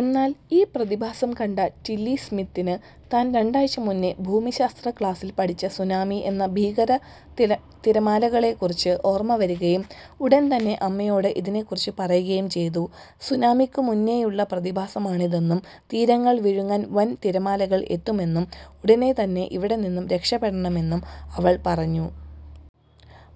എന്നാൽ ഈ പ്രതിഭാസം കണ്ട ടില്ലി സ്മിത്തിന് താൻ രണ്ടാഴ്ച മുന്നേ ഭൂമിശാസ്ത്ര ക്ലാസിൽ പഠിച്ച സുനാമി എന്ന ഭീകര തിരമാലകളെക്കുറിച്ച് ഓർമ്മ വരുകയും ഉടൻ തന്നെ അമ്മയോട് ഇതിനെക്കുറിച്ച് പറയുകയും ചെയ്തു. സുനാമിക്കു മുന്നേയുളള പ്രതിഭാസമാണിതെന്നും തീരങ്ങൾ വിഴുങ്ങാൻ വൻ തിരമാലകൾ എത്തുമെന്നും ഉടനെ തന്നെ ഇവിടെ നിന്നും രക്ഷപ്പെടണമെന്നും അവൾ പറഞ്ഞു.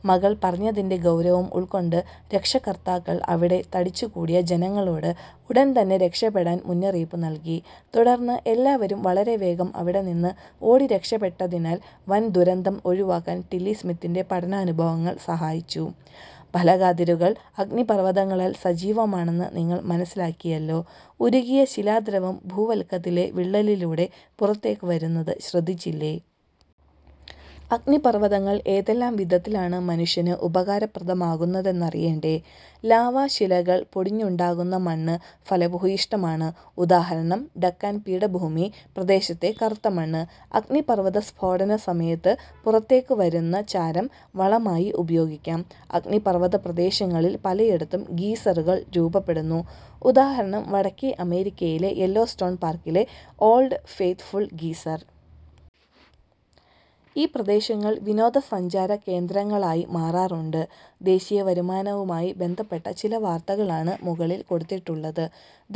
മകൾ പറഞ്ഞതിന്റെ ഗൗരവം ഉൾക്കൊണ്ട് രക്ഷകർത്താക്കൾ അവിടെ തടിച്ചുകൂടിയ ജനങ്ങളോട് ഉടൻ തന്നെ രക്ഷപ്പെടാൻ മുന്നറിയിപ്പ് നൽകി. തുടർന്ന് എല്ലാവരും വളരെവേഗം അവിടെ നിന്ന് ഓടിരക്ഷപ്പെട്ടതിനാൽ വൻദുരന്തം ഒഴിവാക്കാൻ ടില്ലി സ്മിത്തിന്റെ പഠനാനുഭവങ്ങൾ സഹായിച്ചു. ഫലകാതിരുകൾ അഗ്നിപർവതങ്ങളാൽ സജീവമാണെന്ന് നിങ്ങൾ മനസ്സിലാക്കിയല്ലോ. ഉരുകിയ ശിലാദ്രവം ഭൂവൽക്കത്തിലെ വിള്ളലിലൂടെ പുറത്തേക്കു വരുന്നത് ശ്രദ്ധിച്ചില്ലേ. അഗ്നിപർവതങ്ങൾ ഏതെല്ലാം വിധത്തിലാണ് മനുഷ്യന് ഉപകാരപ്രദമാകുന്നതെന്നറിയേണ്ടേ? ലാവാശിലകൾ പൊടിഞ്ഞുണ്ടാകുന്ന മണ്ണ് ഫലഭൂയിഷ്ഠമാണ്. ഉദാഹരണം ഡക്കാൻ പീഠഭൂമി പ്രദേശത്തെ കറുത്തമണ്ണ്. അഗ്നിപർവതസ്ഫോടന സമയത്ത് പുറത്തേക്കു വരുന്ന ചാരം വളമായി ഉപയോഗിക്കാം. അഗ്നിപർവതപ്രദേശങ്ങളിൽ പലയിടത്തും ഗീസറുകൾ രൂപപ്പെടുന്നു. ഉദാഹരണം വടക്കെ അമേരിക്കയിലെ യെല്ലോ സ്റ്റോൺ പാർക്കിലെ ഓൾഡ് ഫെയ്ത് ഫുൾ ഗീസർ. ഈ പ്രദേശങ്ങൾ വിനോദ സഞ്ചാര കേന്ദ്രങ്ങളായി മാറാറുണ്ട്. ദേശീയവരുമാനവുമായി ബന്ധപ്പെട്ട ചില വാർത്തകളാണ് മുകളിൽ കൊടുത്തിട്ടുള്ളത്.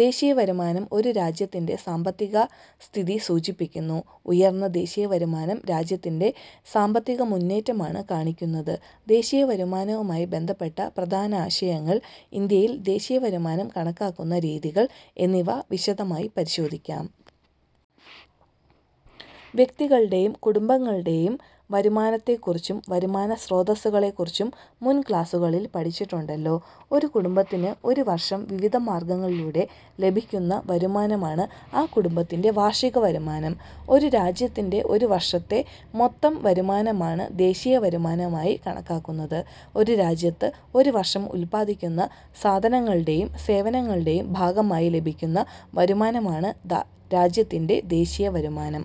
ദേശീയവരുമാനം ഒരു രാജ്യത്തിന്റെ സാമ്പത്തികസ്ഥിതി സൂചിപ്പിക്കുന്നു. ഉയർന്ന ദേശീയ വരുമാനം രാജ്യത്തിന്റെ സാമ്പത്തികമുന്നേറ്റമാണ് കാണിക്കുന്നത്. ദേശീയവരുമാനവുമായി ബന്ധപ്പെട്ട പ്രധാനാശയങ്ങൾ, ഇന്ത്യയിൽ ദേശീയവരുമാനം കണക്കാക്കുന്ന രീതികൾ എന്നിവ വിശദമായി പരിശോധിക്കാം. വ്യക്തികളുടെയും കുടുംബങ്ങളുടെയും വരുമാനത്തെക്കുറിച്ചും വരുമാനസ്രോതസ്സുകളെക്കുറിച്ചും മുൻ ക്ലാസുകളിൽ പഠിച്ചിട്ടുണ്ടല്ലോ. ഒരു കുടുംബത്തിന് ഒരുവർഷം വിവിധ മാർഗങ്ങളിലൂടെ ലഭിക്കുന്ന വരുമാനമാണ് ആ കുടുംബത്തിന്റെ വാർഷികവരുമാനം. ഒരു രാജ്യത്തിന്റെ ഒരു വർഷത്തെ മൊത്തം വരുമാനമാണ് ദേശീയവരുമാനമായി കണക്കാക്കുന്നത്. ഒരു രാജ്യത്ത് ഒരു വർഷം ഉൽപ്പാദിപ്പിക്കുന്ന സാധനങ്ങളുടെയും സേവനങ്ങളുടെയും ഭാഗമായി ലഭിക്കുന്ന വരുമാനമാണ് രാജ്യത്തിന്റെ ദേശീയവരുമാനം.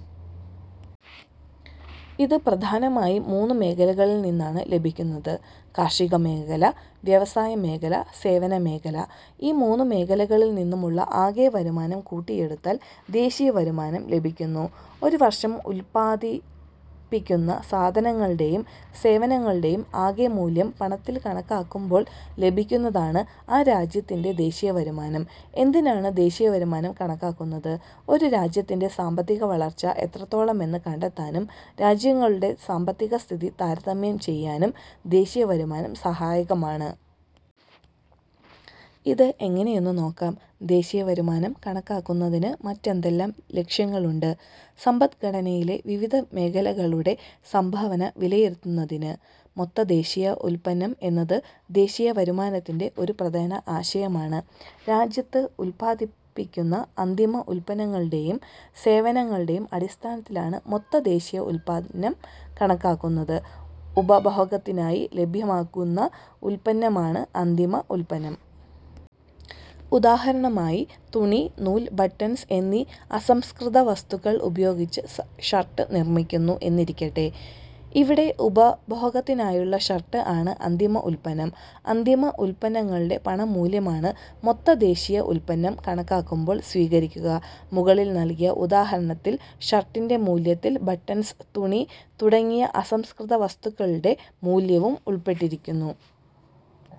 ഇത് പ്രധാനമായും മൂന്നു മേഖലകളിൽനിന്നാണ് ലഭിക്കുന്നത്. കാർഷികമേഖല, വ്യവസായമേഖല, സേവനമേഖല. ഈ മൂന്നു മേഖലകളിൽ നിന്നുമുള്ള ആകെ വരുമാനം കൂട്ടിയെടുത്താൽ ദേശീയവരുമാനം ലഭിക്കുന്നു. ഒരുവർഷം ഉൽപ്പാദിപ്പിക്കുന്ന സാധനങ്ങളുടെയും സേവനങ്ങളുടെയും ആകെ മൂല്യം പണത്തിൽ കണക്കാക്കുമ്പോൾ ലഭിക്കുന്നതാണ് ആ രാജ്യത്തിന്റെ ദേശീയവരുമാനം. എന്തിനാണ് ദേശീയവരുമാനം കണക്കാക്കുന്നത്? ഒരു രാജ്യത്തിന്റെ സാമ്പത്തികവളർച്ച എത്രത്തോളമെന്ന് കണ്ടെത്താനും രാജ്യങ്ങളുടെ സാമ്പത്തികസ്ഥിതി താരതമ്യം ചെയ്യാനും ദേശീയവരുമാനം സഹായകമാണ്. ഇത് എങ്ങനെയെന്നു നോക്കാം. ദേശീയവരുമാനം കണക്കാക്കുന്നതിന് മറ്റെന്തെല്ലാം ലക്ഷ്യങ്ങളുണ്ട്? സമ്പദ്ഘടനയിലെ വിവിധ മേഖലകളുടെ സംഭാവന വിലയിരുത്തുന്നതിന്. മൊത്ത ദേശീയ ഉൽപ്പന്നം എന്നത് ദേശീയവരുമാനത്തിന്റെ ഒരു പ്രധാന ആശയമാണ്. രാജ്യത്ത് ഉൽപ്പാദിപ്പിക്കുന്ന അന്തിമ ഉൽപ്പന്നങ്ങളുടെയും സേവനങ്ങളുടെയും അടിസ്ഥാനത്തിലാണ് മൊത്ത ദേശീയ ഉൽപ്പന്നം കണക്കാക്കുന്നത്. ഉപഭോഗത്തിനായി ലഭ്യമാകുന്ന ഉൽപ്പന്നമാണ് അന്തിമ ഉൽപ്പന്നം. ഉദാഹരണമായി, തുണി, നൂൽ, ബട്ടൺസ് എന്നീ അസംസ്കൃതവസ്തുക്കൾ ഉപയോഗിച്ച് ഷർട്ട് നിർമിക്കുന്നു എന്നിരിക്കട്ടെ. ഇവിടെ ഉപഭോഗത്തിനായുള്ള ഷർട്ട് ആണ് അന്തിമ ഉൽപ്പന്നം. അന്തിമ ഉൽപ്പന്നങ്ങളുടെ പണമൂല്യമാണ് മൊത്ത ദേശീയ ഉൽപ്പന്നം കണക്കാക്കുമ്പോൾ സ്വീകരിക്കുക. മുകളിൽ നൽകിയ ഉദാഹരണത്തിൽ ഷർട്ടിന്റെ മൂല്യത്തിൽ ബട്ടൻസ്, തുണി തുടങ്ങിയ അസംസ്കൃതവസ്തുക്കളുടെ മൂല്യവും ഉൾപ്പെട്ടിരിക്കുന്നു.